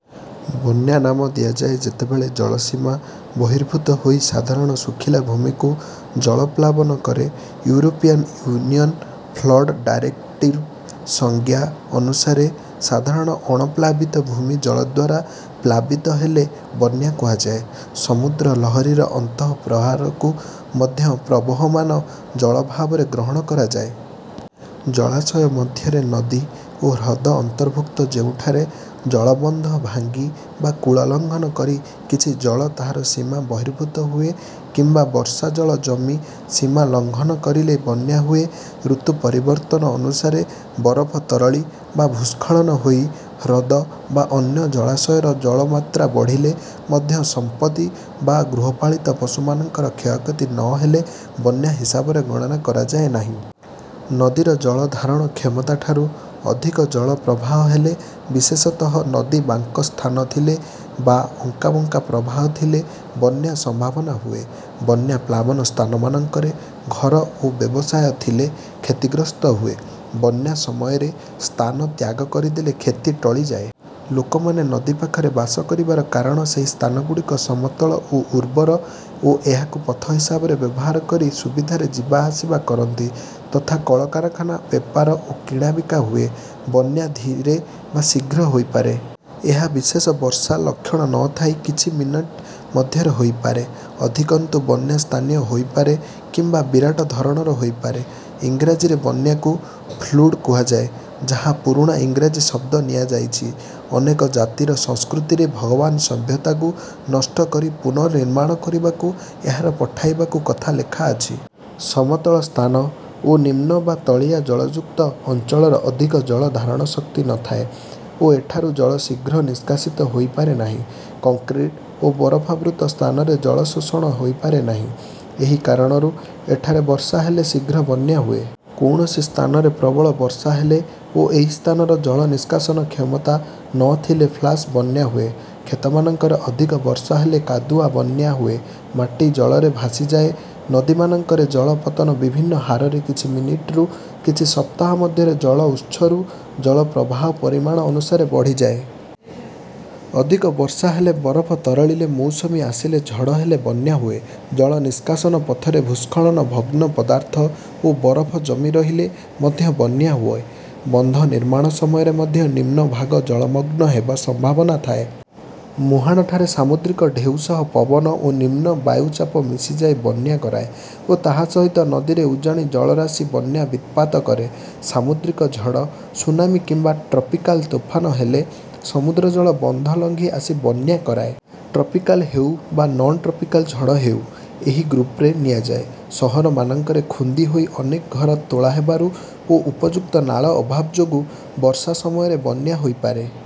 ବନ୍ୟା ନାମ ଦିଆଯାଏ ଯେତେବେଳେ ଜଳ ସୀମା ବହିର୍ଭୁତ ହୋଇ ସାଧାରଣ ଶୁଖିଲା ଭୂମିକୁ ଜଳ ପ୍ଲାବନ କରେ। ୟୁରୋପିଆନ୍ ୟୁନିଅନ୍ ଫ୍ଲଡ଼ ଡାରେକ୍ଟିଭ୍ର ସଂଜ୍ଞା ଅନୁସାରେ ସାଧାରଣ ଅଣପ୍ଳାବିତ ଭୂମି ଜଳଦ୍ୱାରା ପ୍ଲାବିତ ହେଲେ ବନ୍ୟା କୁହାଯାଏ। ସମୁଦ୍ର ଲହରୀର ଅନ୍ତଃପ୍ରହାହକୁ ମଧ୍ୟ ପ୍ରବହମାନ ଜଳ ଭାବରେ ଗ୍ରହଣ କରାଯାଏ। ଜଳାଶୟ ମଧ୍ୟରେ ନଦୀ ଓ ହ୍ରଦ ଅନ୍ତର୍ଭୁକ୍ତ ଯେଉଁଠାରେ ଜଳ ବନ୍ଧ ଭାଙ୍ଗି ବା କୂଳ ଲଙ୍ଘନ କରି କିଛି ଜଳ ତାହାର ସୀମା ବହିର୍ଭୁତ ହୁଏ କିମ୍ବା ବର୍ଷା ଜଳ ଜମି ସୀମା ଲଙ୍ଘନ କରିଲେ ବନ୍ୟା ହୁଏ। ଋତୁ ପରିବର୍ତ୍ତନ ଅନୁସାରେ ବରଫ ତରଳି ବା ଭୂସ୍ଖଳନ ହୋଇ ହ୍ରଦ ବା ଅନ୍ୟ ଜଳାଶୟର ଜଳ ମାତ୍ରା ବଢ଼ିଲେ ମଧ୍ୟ ସମ୍ପତ୍ତି ବା ଗୃହପାଳିତ ପଶୁମାନଙ୍କର କ୍ଷୟକ୍ଷତି ନ ହେଲେ ବନ୍ୟା ହିସାବରେ ଗଣନା କରାଯାଏ ନାହିଁ। ନଦୀର ଜଳ ଧାରଣ କ୍ଷମତାଠାରୁ ଅଧିକ ଜଳ ପ୍ରବାହ ହେଲେ ବିଶେଷତଃ ନଦୀ ବାଙ୍କ ସ୍ଥାନ ଥିଲେ ବା ଅଙ୍କାବଙ୍କା ପ୍ରବାହ ଥିଲେ ବନ୍ୟା ସମ୍ଭାବନା ହୁଏ। ବନ୍ୟା ପ୍ଳାବନ ସ୍ଥାନମାନଙ୍କରେ ଘର ଓ ବ୍ୟବସାୟ ଥିଲେ କ୍ଷତିଗ୍ରସ୍ତ ହୁଏ। ବନ୍ୟା ସମୟରେ ସ୍ଥାନ ତ୍ୟାଗ କରିଦେଲେ କ୍ଷତି ଟଳିଯାଏ। ଲୋକମାନେ ନଦୀ ପାଖରେ ବାସ କରିବାର କାରଣ ସେହି ସ୍ଥାନ ଗୁଡ଼ିକ ସମତଳ ଓ ଉର୍ବର ଓ ଏହାକୁ ପଥ ହିସାବରେ ବ୍ୟବହାର କରି ସୁବିଧାରେ ଯିବା ଆସିବା କରନ୍ତି ତଥା କଳକାରଖାନା ବେପାର ଓ କିଣାବିକା ହୁଏ। ବନ୍ୟା ଧୀରେ ବା ଶୀଘ୍ର ହୋଇପାରେ। ଏହା ବିଶେଷ ବର୍ଷା ଲକ୍ଷଣ ନ ଥାଇ କିଛି ମିନିଟ ମଧ୍ୟରେ ହୋଇପାରେ। ଅଧିକନ୍ତୁ ବନ୍ୟା ସ୍ଥାନୀୟ ହୋଇପାରେ କିମ୍ବା ବିରାଟ ଧରଣର ହୋଇପାରେ। ଇଂରାଜୀରେ ବନ୍ୟାକୁ ଫ୍ଲଡ଼୍ କୁହାଯାଏ ଯାହା ପୁରୁଣା ଇଂରାଜୀ ଶବ୍ଦ ନିଆଯାଇଛି. ଅନେକ ଜାତିର ସଂସ୍କୃତିରେ ଭଗବାନ ସଭ୍ୟତାକୁ ନଷ୍ଟ କରି ପୁନର୍ନିମାଣ କରିବାକୁ ଏହାକୁ ପଠାଇବା କଥା ଲେଖାଅଛି। ସମତଳ ସ୍ଥାନ ଓ ନିମ୍ନ ବା ତଳିଆ ଜଳଯୁକ୍ତ ଅଞ୍ଚଳର ଅଧିକ ଜଳ ଧାରଣ ଶକ୍ତି ନ ଥାଏ ଓ ଏଠାରୁ ଜଳ ଶୀଘ୍ର ନିଷ୍କାସିତ ହୋଇ ପାରେନାହିଁ। କଙ୍କ୍ରିଟ୍ ଓ ବରଫାବୃତ ସ୍ଥାନରେ ଜଳ ଶୋଷଣ ହୋଇପାରେ ନାହିଁ। ଏହି କାରଣରୁ ଏଠାରେ ବର୍ଷା ହେଲେ ଶିଘ୍ର ବନ୍ୟା ହୁଏ। କୌଣସି ସ୍ଥାନରେ ପ୍ରବଳ ବର୍ଷା ହେଲେ ଓ ଏହି ସ୍ଥାନର ଜଳ ନିଷ୍କାସନ କ୍ଷମତା ନ ଥିଲେ ଫ୍ଲାସ ବନ୍ୟା ହୁଏ। କ୍ଷେତମାନଙ୍କରେ ଅଧିକ ବର୍ଷା ହେଲେ କାଦୁଆ ବନ୍ୟା ହୁଏ ଓ ମାଟି ଜଳରେ ଭାଷିଯାଏ। ନଦୀମାନଙ୍କରେ ଜଳ ପତନ ବିଭିନ୍ନ ହାରରେ କିଛି ମିନିଟରୁ କିଛି ସପ୍ତାହ ମଧ୍ୟରେ ଜଳ ଉତ୍ସରୁ ଜଳ ପ୍ରବାହ ପରିମାଣ ଅନୁସାରେ ବଢ଼ିଯାଏ। ଅଧିକ ବର୍ଷା ହେଲେ ବରଫ ତରଳିଲେ ମୌସୁମୀ ଆସିଲେ ଝଡ଼ ହେଲେ ବନ୍ୟା ହୁଏ। ଜଳ ନିଷ୍କାସନ ପଥରେ ଭୂସ୍ଖଳନ ଭଗ୍ନ ପଦାର୍ଥ ଓ ବରଫ ଜମି ରହିଲେ ମଧ୍ୟ ବନ୍ୟା ହୁଏ। ବନ୍ଧ ନିର୍ମାଣ ସମୟରେ ମଧ୍ୟ ନିମ୍ନ ଭାଗ ଜଳମଗ୍ନ ହେବା ସମ୍ଭାବନା ଥାଏ। ମୁହାଁଣଠାରେ ସାମୁଦ୍ରିକ ଢେଉ ସହ ପବନ ଓ ନିମ୍ନ ବାୟୁ ଚାପ ମିଶିଯାଇ ବନ୍ୟା କରାଏ ଓ ତାହା ସହିତ ନଦୀରେ ଉଜାଣି ଜଳରାଶି ବନ୍ୟା ବିତ୍ପାତ କରେ। ସାମୁଦ୍ରିକ ଝଡ଼ ସୁନାମି କିମ୍ବା ଟ୍ରପିକାଲ ତୋଫାନ ହେଲେ ସମୁଦ୍ର ଜଳ ବନ୍ଧ ଲଙ୍ଘି ଆସି ବନ୍ୟା କରାଏ। ଟ୍ରପିକାଲ ହେଉ ବା ନନ୍ ଟ୍ରପିକାଲ ଝଡ଼ ହେଉ ଏହି ଗୃପରେ ନିଆଯାଏ। ଶହରମାନଙ୍କରେ ଖୁନ୍ଦି ହୋଇ ଅନେକ ଘର ତୋଳାହେବାରୁ ଓ ଉପଯୁକ୍ତ ନାଳ ଅଭାବ ଯୋଗୁ ବର୍ଷା ସମୟରେ ବନ୍ୟା ହୋଇପାରେ।